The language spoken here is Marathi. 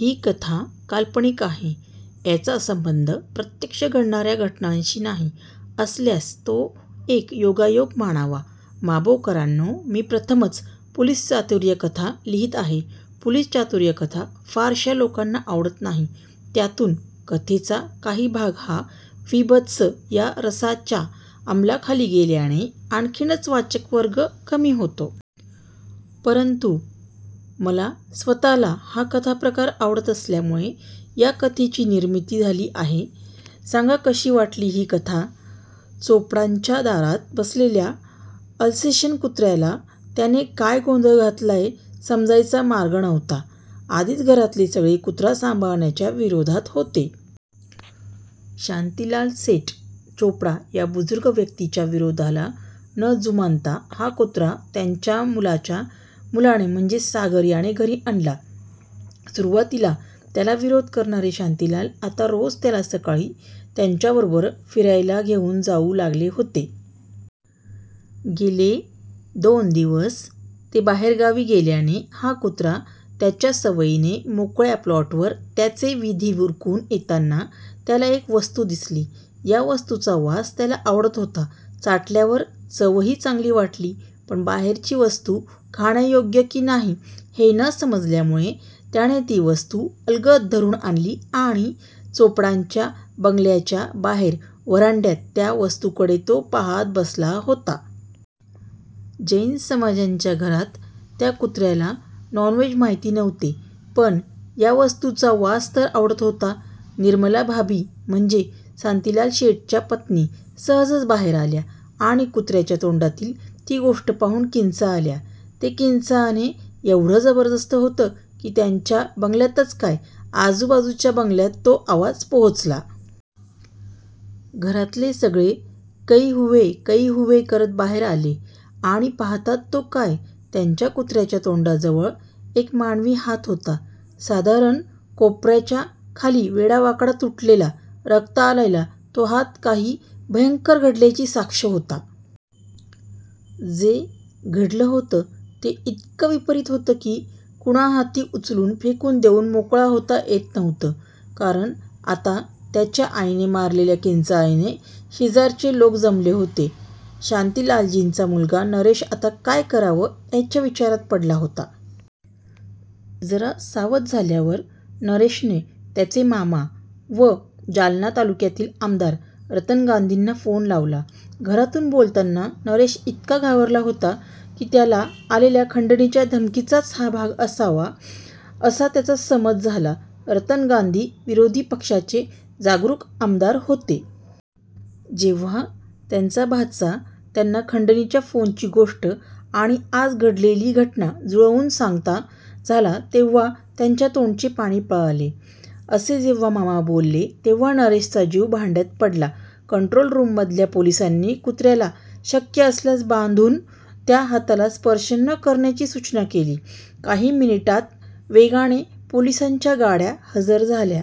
ही कथा काल्पनिक आहे. याचा संबंध प्रत्यक्ष घडणार्या घटनांशी नाही. असल्यास तो एक योगायोग मानावा. माबोकरांनो मी प्रथमच पोलीस चातुर्य कथा लिहीत आहे. पोलीस चातुर्यकथा फारश्या लोकांना आवडत नाहीत. त्यातुन कथेचा काही भाग हा बिभत्स या रसाच्या अमला खाली गेल्याने आणखीनच वाचक वर्ग कमी होतो. परंतु मला स्वतःला हा कथाप्रकार आवडत असल्यामुळे या कथेची निर्मीती झाली आहे. सांगा कशी वाटली ही कथा. चोपडांच्या दारात बसलेल्या अल्सेशन कुत्र्याला त्याने काय गोंधळ घातलाय समजायचा मार्ग नव्हता. आधीच घरातले सगळे कुत्रा सांभाळण्याच्या विरोधात होते. शांतीलालशेठ चोपडा या बुजुर्ग व्यक्तिच्या विरोधाला न जुमानता हा कुत्रा त्यांच्या मुलाच्या मुलाने म्हणजे सागर याने घरी आणला. सुरवातीला त्याला विरोध करणारे शांतीलाल आता रोज त्याला सकाळी त्यांच्या बरोबर फिरायला घेऊन जाऊ लागले होते. गेले दोन दिवस ते बाहेर गावी गेल्याने हा कुत्रा त्याच्या सवयीने मोकळ्या प्लॉटवर त्याचे विधी उरकुन येताना त्याला एक वस्तु दिसली. या वस्तुचा वास त्याला आवडत होता. चाटल्यावर चवही चांगली वाटली पण बाहेरची वस्तु खाण्यायोग्य कि नाही हे न समजल्यामुळे त्याने ती वस्तु अलगद धरुन आणली आणी चोपडांच्या बंगल्याच्या बाहेर व्हरांड्यात त्या वस्तुकडे तो पहात बसला होता. जैन समाजाच्या घरात त्या कुत्र्याला नॉनव्हेज माहित नव्हते पण या वस्तुचा वास तर आवडत होता. निर्मलाभाबी म्हणजे शांतीलालशेठ्च्या पत्नी सहजच बाहेर आल्या आणि कुत्र्याच्या तोंडातली ती गोष्ट पाहुन किंचाळल्या. ते किंचाळण येव्हड जबरदस्त होत की त्यांच्या बंगल्यातच काय आजुबाजुच्या बंगल्यात तो आवाज पोहोचला. घरातले सगळे " कई हुवे कई हुवे " करत बाहेर आले, आणि पहातात तो काय त्यांच्या कुत्र्याच्या तोंडाजवळ एक मानवी हात होता. साधारण कोपाराच्या खाली वेडावा़कडा तुटलेला रक्ताळलेला तो हात काही भयंकर घडल्याची साक्ष होता. जे घडल होत ते इतक विपरीत होत की कोणाहाती उचलुन फेकुन देऊन मोकळ होता येत नव्हत. कारण आता त्याच्या आईने मारलेल्या किंचाळीने शेजारचे लोक जमले होते. शांतीलालजींचा मुलगा नरेश आता काय कराव याच्या विचारात पडला होता. जरा सावध झाल्यावर नरेशने त्याचे मामा व जालना तालुक्यातले आमदार रतन गांधींना फोन लावला. घरातुन बोलताना नरेश इतका घाबरला होता की त्याला आलेली खंडणीच्या धमकीचाच हा भाग असावा, असा त्याचा समज झाला. रतन गांधी विरोधी पक्षाचे जागरुक आमदार होते. जेव्हा त्यांचा भाचा त्यांना खंडणीच्या फोनची गोष्ट आणि आज घडलेली घटना जुळवुन सांगता झाला तेव्हा त्यांच्या तोंडचे पाणी पळाले. "असे जेव्हा मामा बोलले तेव्हा नरेशचा जीव भांड्यात पडला. कंट्रोल रुम मधल्या पोलीसांनी कुत्र्याला शक्य असल्यास बांधुन त्या हाताला स्पर्श न करण्याची सुचना केली. काही मिनीटात वेगाने पोलीसांच्या गाड्या हजर झाल्या.